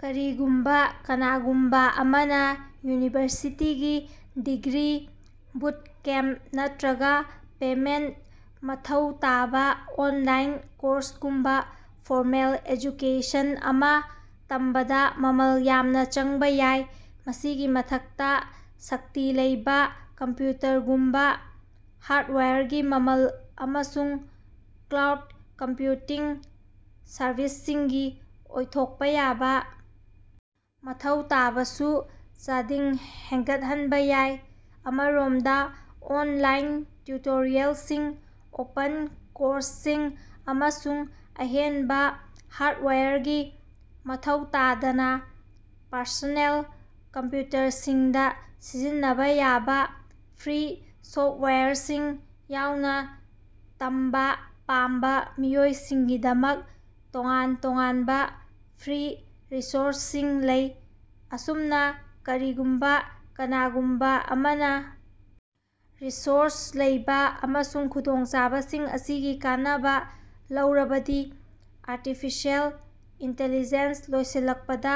ꯀꯔꯤꯒꯨꯝꯕꯥ ꯀꯅꯥꯒꯨꯝꯕꯥ ꯑꯃꯅꯥ ꯌꯨꯅꯤꯚꯔꯁꯤꯇꯤꯒꯤ ꯗꯤꯒ꯭ꯔꯤ, ꯕꯨꯠꯀꯦꯝꯄ ꯅꯠꯇ꯭ꯔꯒꯥ ꯄꯦꯃꯦꯟꯇ ꯃꯊꯧ ꯇꯥꯕꯥ ꯑꯣꯟꯂꯥꯏꯟ ꯀꯣꯔꯁꯒꯨꯝꯕꯥ ꯐꯣꯔꯃꯦꯜ ꯑꯦꯖꯨꯀꯦꯁꯟ ꯑꯃꯥ ꯇꯝꯕꯗꯥ ꯃꯃꯜ ꯌꯥꯝꯅꯥ ꯆꯪꯕꯥ ꯌꯥꯏ꯫ ꯃꯁꯤꯒꯤ ꯃꯊꯛꯇꯥ, ꯁꯛꯇꯤ ꯂꯩꯕꯥ ꯀꯝꯄ꯭ꯌꯨꯇꯔꯒꯨꯝꯕꯥ ꯍꯥꯔꯠꯋꯥꯌꯔꯒꯤ ꯃꯃꯜ ꯑꯃꯁꯨꯡ ꯀ꯭ꯂꯥꯎꯠ ꯀꯝꯄ꯭ꯌꯨꯇꯤꯡ ꯁꯔꯚꯤꯁꯁꯤꯡꯒꯤ ꯑꯣꯏꯊꯣꯛꯄꯥ ꯌꯥꯕꯥ ꯃꯊꯧ ꯇꯥꯕꯁꯨ ꯆꯥꯗꯤꯡ ꯍꯦꯟꯒꯠꯍꯟꯕꯥ ꯌꯥꯏ꯫ ꯑꯃꯔꯣꯝꯗꯥ, ꯑꯣꯟꯂꯥꯏꯟ ꯇꯤꯎꯇꯣꯔꯤꯌꯦꯜꯁꯤꯡ, ꯑꯣꯄꯟ ꯀꯣꯔꯁꯁꯤꯡ ꯑꯃꯁꯨꯡ ꯑꯍꯦꯟꯕꯥ ꯍꯥꯔꯠꯋꯥꯌꯔꯒꯤ ꯃꯊꯧ ꯇꯥꯗꯅꯥ ꯄꯔꯁꯣꯅꯦꯜ ꯀꯝꯄ꯭ꯌꯨꯇꯔꯁꯤꯡꯗꯥ ꯁꯤꯖꯤꯟꯅꯕꯥ ꯌꯥꯕꯥ ꯐ꯭ꯔꯤ ꯁꯣꯞꯋꯥꯌꯔꯁꯤꯡ ꯌꯥꯎꯅꯥ, ꯇꯝꯕꯥ ꯄꯥꯝꯕꯥ ꯃꯤꯑꯣꯏꯁꯤꯡꯒꯤꯗꯃꯛ ꯇꯣꯉꯥꯟ-ꯇꯣꯉꯥꯟꯕꯥ ꯐ꯭ꯔꯤ ꯔꯤꯁꯣꯔꯁꯁꯤꯡ ꯂꯩ꯫ ꯑꯁꯨꯝꯅꯥ, ꯀꯔꯤꯒꯨꯝꯕꯥ ꯀꯅꯥꯒꯨꯝꯕꯥ ꯑꯃꯅꯥ ꯔꯤꯁꯣꯔꯁ ꯂꯩꯕꯥ ꯑꯃꯁꯨꯡ ꯈꯨꯗꯣꯡꯆꯥꯕꯁꯤꯡ ꯑꯁꯤꯒꯤ ꯀꯥꯟꯅꯕꯥ ꯂꯧꯔꯕꯗꯤ ꯑꯔꯇꯤꯐꯤꯁꯦꯜ ꯏꯟꯇꯤꯂꯤꯖꯦꯟ ꯂꯣꯏꯁꯤꯜꯂꯛꯄꯗꯥ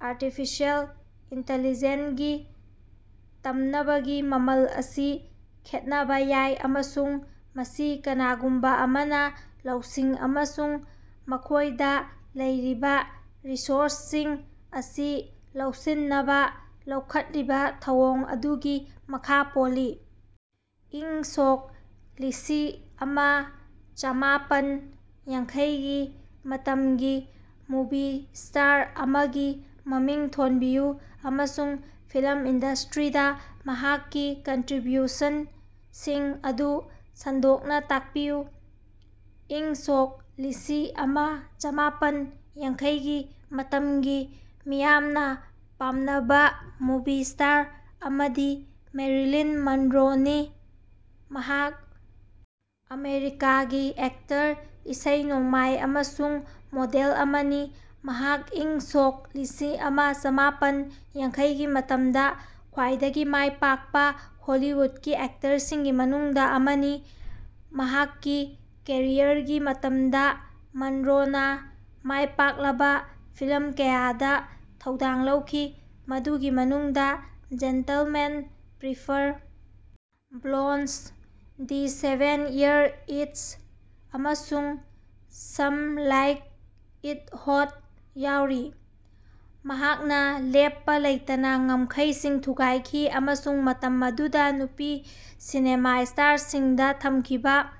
ꯑꯔꯇꯤꯐꯤꯁꯦꯜ ꯏꯟꯇꯤꯂꯤꯖꯦꯟꯒꯤ ꯇꯝꯅꯕꯒꯤ ꯃꯃꯜ ꯑꯁꯤ ꯈꯦꯠꯅꯕꯥ ꯌꯥꯏ ꯑꯃꯁꯨꯡ ꯃꯁꯤ ꯀꯅꯥꯒꯨꯝꯕꯥ ꯑꯃꯅꯥ ꯂꯧꯁꯤꯡ ꯑꯃꯁꯨꯡ ꯃꯈꯣꯏꯗꯥ ꯂꯩꯔꯤꯕꯥ ꯔꯤꯁꯣꯔꯁꯁꯤꯡ ꯑꯁꯤ ꯂꯧꯁꯤꯟꯅꯕꯥ ꯂꯧꯈꯠꯂꯤꯕꯥ ꯊꯧꯑꯣꯡ ꯑꯗꯨꯒꯤ ꯃꯈꯥ ꯄꯣꯜꯂꯤ꯫ ꯏꯪ ꯁꯣꯛ ꯂꯤꯁꯤꯑꯃ ꯆꯥꯝꯃꯥꯄꯟ ꯌꯥꯡꯈꯩꯒꯤ ꯃꯇꯝꯒꯤ ꯃꯨꯚꯤ ꯁ꯭ꯇꯥꯔ ꯑꯃꯒꯤ ꯃꯃꯤꯡ ꯊꯣꯟꯕꯤꯌꯨ ꯑꯃꯁꯨꯡ ꯐꯤꯂꯝ ꯏꯟꯗꯁꯇ꯭ꯔꯤꯗꯥ ꯃꯍꯥꯛꯀꯤ ꯀꯟꯇ꯭ꯔꯤꯕ꯭ꯌꯨꯁꯟꯁꯤꯡ ꯑꯗꯨ ꯁꯟꯗꯣꯛꯅꯥ ꯇꯥꯛꯄꯤꯌꯨ꯫ ꯏꯪ ꯁꯣꯛ ꯂꯤꯁꯤꯑꯃ ꯆꯥꯝꯃꯥꯄꯟ ꯌꯥꯡꯈꯩꯒꯤ ꯃꯇꯝꯒꯤ ꯃꯤꯌꯥꯝꯅꯥ ꯄꯥꯝꯅꯕꯥ ꯃꯨꯚꯤ ꯁ꯭ꯇꯥꯔ ꯑꯃꯗꯤ ꯃꯦꯔꯤꯂꯤꯟ ꯃꯟꯔꯣꯅꯤ꯫ ꯃꯍꯥꯛ ꯑꯃꯦꯔꯤꯀꯥꯒꯤ ꯑꯦꯛꯇꯔ, ꯏꯁꯩ ꯅꯣꯡꯃꯥꯏ ꯑꯃꯁꯨꯡ ꯃꯣꯗꯦꯜ ꯑꯃꯅꯤ, ꯃꯍꯥꯛ ꯏꯪ ꯁꯣꯛ ꯂꯤꯁꯤꯑꯃ ꯆꯥꯝꯃꯥꯄꯟ ꯌꯥꯡꯈꯩꯒꯤ ꯃꯇꯝꯗꯥ ꯈ꯭ꯋꯥꯏꯗꯒꯤ ꯃꯥꯏꯄꯥꯛꯄꯥ ꯍꯣꯂꯤꯋꯨꯠꯀꯤ ꯑꯦꯛꯇꯔꯁꯤꯡꯒꯤ ꯃꯅꯨꯡꯗꯥ ꯑꯃꯅꯤ꯫ ꯃꯍꯥꯛꯀꯤ ꯀꯦꯔꯤꯌꯔꯒꯤ ꯃꯇꯝꯗꯥ ꯃꯟꯔꯣꯅꯥ ꯃꯥꯏꯄꯥꯛꯂꯕꯥ ꯐꯤꯂꯝ ꯀꯌꯥꯗꯥ ꯊꯧꯗꯥꯡ ꯂꯧꯈꯤ, ꯃꯗꯨꯒꯤ ꯃꯅꯨꯡꯗꯥ "gentlemen prefer blondes", "the seven year itch" ꯑꯃꯁꯨꯡ "ꯁꯝ ꯂꯥꯏꯛ ꯏꯠ ꯍꯣꯠ" ꯌꯥꯎꯔꯤ꯫ ꯃꯍꯥꯛꯅꯥ ꯂꯦꯞꯄꯥ ꯂꯩꯇꯅꯥ ꯉꯝꯈꯩꯁꯤꯡ ꯊꯨꯒꯥꯏꯈꯤ ꯑꯃꯁꯨꯡ ꯃꯇꯝ ꯑꯗꯨꯗꯥ ꯅꯨꯄꯤ ꯁꯤꯅꯦꯃꯥ ꯁ꯭ꯇꯥꯔꯁꯤꯡꯗꯥ ꯊꯝꯈꯤꯕꯥ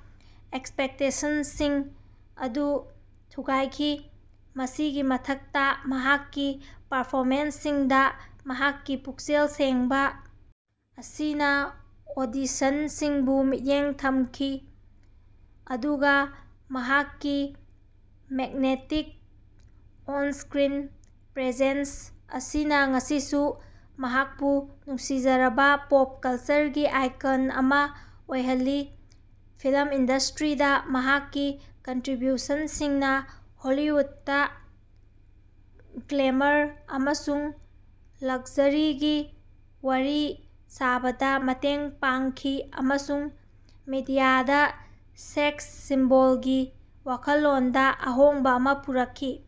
ꯑꯦꯛꯁꯄꯦꯛꯇꯦꯁꯟꯁꯤꯡ ꯑꯗꯨ ꯊꯨꯒꯥꯏꯈꯤ꯫ ꯃꯁꯤꯒꯤ ꯃꯊꯛꯇꯥ, ꯃꯍꯥꯛꯀꯤ ꯄꯔꯐꯣꯃꯦꯟꯁꯁꯤꯡꯗꯥ ꯃꯍꯥꯛꯀꯤ ꯄꯨꯛꯆꯦꯜ ꯁꯦꯡꯕꯥ ꯑꯁꯤꯅꯥ ꯑꯣꯗꯤꯁꯟꯁꯤꯡꯕꯨ ꯃꯤꯠꯌꯦꯡ ꯊꯝꯈꯤ, ꯑꯗꯨꯒꯥ ꯃꯍꯥꯛꯀꯤ ꯃꯦꯛꯅꯦꯇꯤꯛ ꯑꯣꯟꯁꯀ꯭ꯔꯤꯟ ꯄ꯭ꯔꯦꯖꯦꯟꯁ ꯑꯁꯤꯅꯥ ꯉꯁꯤꯁꯨ ꯃꯍꯥꯛꯄꯨ ꯅꯨꯡꯁꯤꯖꯔꯕꯥ ꯄꯣꯞ ꯀꯜꯆꯔꯒꯤ ꯑꯥꯏꯀꯟ ꯑꯃꯥ ꯑꯣꯏꯍꯜꯂꯤ꯫ ꯐꯤꯂꯝ ꯏꯟꯗꯁꯇ꯭ꯔꯤꯗꯥ ꯃꯍꯥꯛꯀꯤ ꯀꯟꯇ꯭ꯔꯤꯕ꯭ꯌꯨꯁꯟꯁꯤꯡꯅꯥ ꯍꯣꯂꯤꯋꯨꯗꯇꯥ ꯒ꯭ꯂꯦꯃꯔ ꯑꯃꯁꯨꯡ ꯂꯛꯁꯥꯔꯤꯒꯤ ꯋꯥꯔꯤ ꯁꯥꯕꯗꯥ ꯃꯇꯦꯡ ꯄꯥꯡꯈꯤ ꯑꯃꯁꯨꯡ ꯃꯤꯗꯤꯌꯥꯗꯥ ꯁꯦꯛꯁ ꯁꯤꯝꯕꯣꯜꯒꯤ ꯋꯥꯈꯜꯂꯣꯟꯗꯥ ꯑꯍꯣꯡꯕꯥ ꯑꯃꯥ ꯄꯨꯔꯛꯈꯤ꯫